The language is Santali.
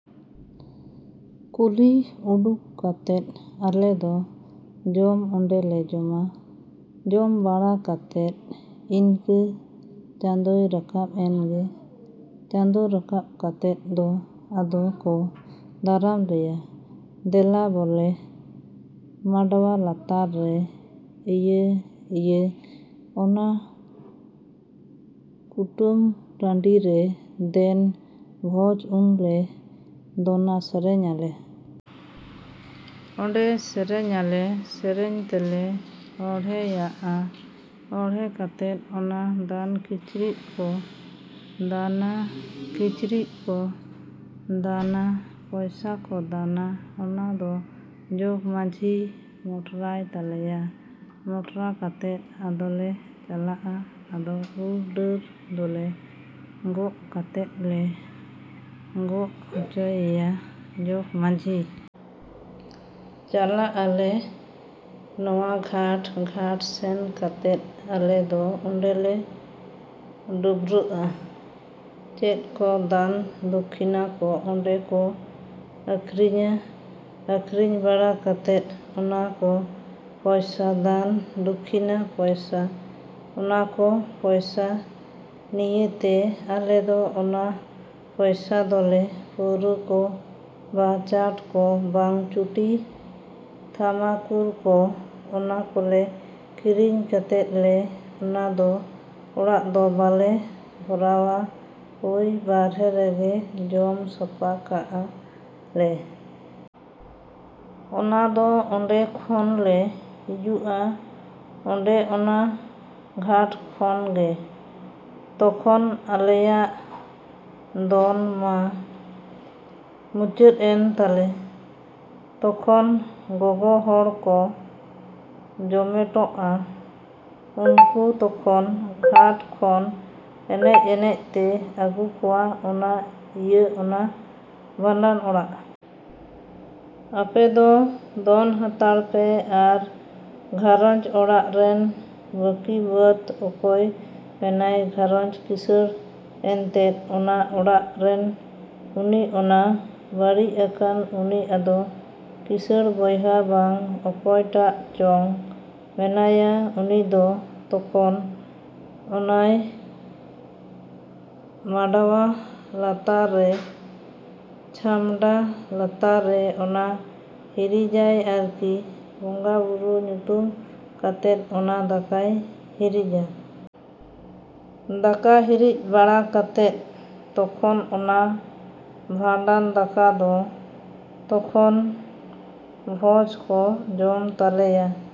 ᱠᱩᱞᱦᱤ ᱩᱰᱩᱠ ᱠᱟᱛᱮᱫ ᱟᱞᱮ ᱫᱚ ᱡᱚᱢ ᱚᱸᱰᱮᱞᱮ ᱡᱚᱢᱟ᱾ ᱡᱚᱢ ᱵᱟᱲᱟ ᱠᱟᱛᱮᱫ ᱤᱱᱠᱟᱹ ᱪᱟᱸᱫᱳᱭ ᱨᱟᱠᱟᱵᱽ ᱮᱱ ᱜᱮ᱾ ᱪᱟᱸᱫᱳ ᱨᱟᱠᱟᱵᱽ ᱠᱟᱛᱮᱫ ᱫᱚ ᱟᱫᱚ ᱠᱚ ᱫᱟᱨᱟᱢ ᱞᱮᱭᱟ᱾ ᱫᱮᱞᱟ ᱵᱚᱞᱮ ᱢᱟᱰᱣᱟ ᱞᱟᱛᱟᱨ ᱨᱮ, ᱤᱭᱟᱹ ᱤᱭᱟᱹ ᱚᱱᱟ ᱠᱩᱴᱟᱹᱢ ᱴᱟᱺᱰᱤ ᱨᱮ ᱫᱮᱱ ᱵᱷᱚᱡᱽ ᱩᱱᱞᱮ ᱫᱚᱱᱟ ᱥᱮᱨᱮᱧ ᱟᱞᱮ᱾ ᱚᱸᱰᱮ ᱥᱮᱨᱮᱧ ᱟᱞᱮ᱾ ᱥᱮᱨᱮᱧ ᱛᱮᱞᱮ ᱚᱬᱦᱮᱭᱟᱜᱼᱟ᱾ ᱚᱬᱦᱮ ᱠᱟᱛᱮᱫ ᱚᱱᱟ ᱫᱟᱱ ᱠᱤᱪᱨᱤᱡᱽ ᱠᱚ ᱫᱟᱱᱟ, ᱠᱤᱪᱨᱤᱡᱽ ᱠᱚ ᱫᱟᱱᱟ, ᱯᱚᱭᱥᱟ ᱠᱚ ᱫᱟᱱᱟ᱾ ᱚᱱᱟ ᱫᱚ ᱡᱚᱜᱽ ᱢᱟᱺᱡᱷᱤᱭ ᱢᱚᱴᱨᱟᱭ ᱛᱟᱞᱮᱭᱟ᱾ ᱢᱚᱴᱨᱟ ᱠᱟᱛᱮᱫ ᱟᱫᱚᱞᱮ ᱪᱟᱞᱟᱜᱼᱟ᱾ ᱟᱫᱚ ᱩᱞ ᱰᱟᱹᱨ ᱫᱚᱞᱮ ᱜᱚᱜ ᱠᱟᱛᱮᱫ ᱞᱮ ᱜᱚᱜ ᱦᱚᱪᱚᱭᱮᱭᱟ ᱡᱚᱜᱽ ᱢᱟᱺᱡᱷᱤ᱾ ᱪᱟᱞᱟᱜ ᱟᱞᱮ ᱱᱚᱣᱟ ᱜᱷᱟᱴ ᱜᱷᱟᱴ ᱥᱮᱱ ᱠᱟᱛᱮᱫ ᱟᱞᱮ ᱫᱚ ᱚᱸᱰᱮ ᱞᱮ ᱰᱟᱹᱵᱽᱨᱟᱹᱜᱼᱟ᱾ ᱪᱮᱫ ᱠᱚ ᱫᱟᱱ ᱫᱚᱠᱠᱷᱤᱱᱟ ᱠᱚ ᱚᱸᱰᱮ ᱠᱚ ᱟᱹᱠᱷᱨᱤᱧᱟ᱾ ᱟᱹᱠᱷᱨᱤᱧ ᱵᱟᱲᱟ ᱠᱟᱛᱮᱫ ᱚᱱᱟ ᱠᱚ ᱯᱚᱭᱥᱟ ᱫᱟᱱ ᱫᱚᱠᱷᱤᱱᱟ ᱯᱚᱭᱥᱟ, ᱚᱱᱟ ᱠᱚ ᱯᱚᱭᱥᱟ ᱱᱤᱭᱮ ᱛᱮ ᱟᱞᱮ ᱫᱚ ᱚᱱᱟ ᱯᱚᱭᱥᱟ ᱫᱚᱞᱮ ᱯᱟᱹᱣᱨᱟᱹ ᱠᱚ ᱵᱟ ᱪᱟᱴ ᱠᱚ ᱵᱟᱝ ᱪᱩᱴᱤ ᱛᱷᱟᱢᱟᱠᱩᱨ ᱠᱚ ᱚᱱᱟ ᱠᱚᱞᱮ ᱠᱤᱨᱤᱧ ᱠᱟᱛᱮᱫ ᱞᱮ ᱚᱱᱟ ᱫᱚ ᱚᱲᱟᱜ ᱫᱚ ᱵᱟᱞᱮ ᱵᱷᱚᱨᱟᱣᱟ ᱳᱭ ᱵᱟᱦᱨᱮ ᱨᱮᱜᱮ ᱡᱚᱢ ᱥᱟᱯᱷᱟ ᱠᱟᱜᱼᱟ ᱞᱮ᱾ ᱚᱱᱟ ᱫᱚ ᱚᱸᱰᱮ ᱠᱷᱚᱱ ᱞᱮ ᱦᱤᱡᱩᱜᱼᱟ ᱚᱸᱰᱮ ᱚᱱᱟ ᱜᱷᱟᱴ ᱠᱷᱚᱱ ᱜᱮ᱾ ᱛᱚᱠᱷᱚᱱ ᱟᱞᱮᱭᱟᱜ ᱫᱚᱱ ᱢᱟ ᱢᱩᱪᱟᱹᱫ ᱮᱱ ᱛᱟᱞᱮ᱾ ᱛᱚᱠᱷᱚᱱ ᱜᱚᱜᱚ ᱦᱚᱲ ᱠᱚ ᱡᱚᱢᱮᱴᱚᱜᱼᱟ᱾ ᱩᱱᱠᱩ ᱛᱚᱠᱷᱚᱱ ᱜᱷᱟᱴ ᱠᱷᱚᱱ ᱮᱱᱮᱡ ᱮᱱᱮᱡ ᱛᱮ ᱟᱹᱜᱩ ᱠᱚᱣᱟ ᱚᱱᱟ ᱤᱭᱟᱹ ᱚᱱᱟ ᱵᱷᱟᱸᱰᱟᱱ ᱚᱲᱟᱜ᱾ ᱟᱯᱮ ᱫᱚ ᱫᱚᱱ ᱦᱟᱛᱟᱲ ᱯᱮ ᱟᱨ ᱜᱷᱟᱨᱚᱸᱡᱽ ᱚᱲᱟᱜ ᱨᱮᱱ ᱵᱟᱹᱠᱤ ᱵᱟᱫ ᱚᱠᱚᱭ ᱢᱮᱱᱟᱭ ᱜᱷᱟᱨᱚᱸᱡᱽ ᱠᱤᱥᱟᱹᱬ ᱮᱱᱛᱮᱫ ᱚᱱᱟ ᱚᱲᱟᱜ ᱨᱮᱱ ᱩᱱᱤ ᱚᱱᱟ ᱵᱟᱹᱲᱤᱡ ᱟᱠᱟᱱ ᱩᱱᱤ ᱟᱫᱚ ᱠᱤᱥᱟᱹᱬ ᱵᱚᱭᱦᱟ ᱵᱟᱝ ᱚᱠᱚᱭ ᱴᱟᱜ ᱪᱚᱝ ᱢᱮᱱᱟᱭᱟ ᱩᱱᱤ ᱫᱚ ᱛᱚᱠᱷᱚᱱ ᱚᱱᱟᱭ ᱢᱟᱰᱣᱟ ᱞᱟᱛᱟᱨ ᱨᱮ, ᱪᱷᱟᱢᱰᱟ ᱞᱟᱛᱟᱨ ᱨᱮ ᱚᱱᱟ ᱦᱤᱨᱤᱡᱟᱭ ᱟᱨᱠᱤ ᱵᱚᱸᱜᱟᱼᱵᱩᱨᱩ ᱧᱩᱛᱩᱢ ᱠᱟᱛᱮᱫ ᱚᱱᱟ ᱫᱟᱠᱟᱭ ᱦᱤᱨᱤᱡᱟ᱾ ᱫᱟᱠᱟ ᱦᱤᱨᱤᱡ ᱵᱟᱲᱟ ᱠᱟᱛᱮᱫ ᱛᱚᱠᱷᱚᱱ ᱚᱱᱟ ᱵᱷᱟᱸᱰᱟᱱ ᱫᱟᱠᱟ ᱫᱚ ᱛᱚᱠᱷᱚᱱ ᱵᱷᱚᱡᱽ ᱠᱚ ᱡᱚᱢ ᱛᱟᱞᱮᱭᱟ᱾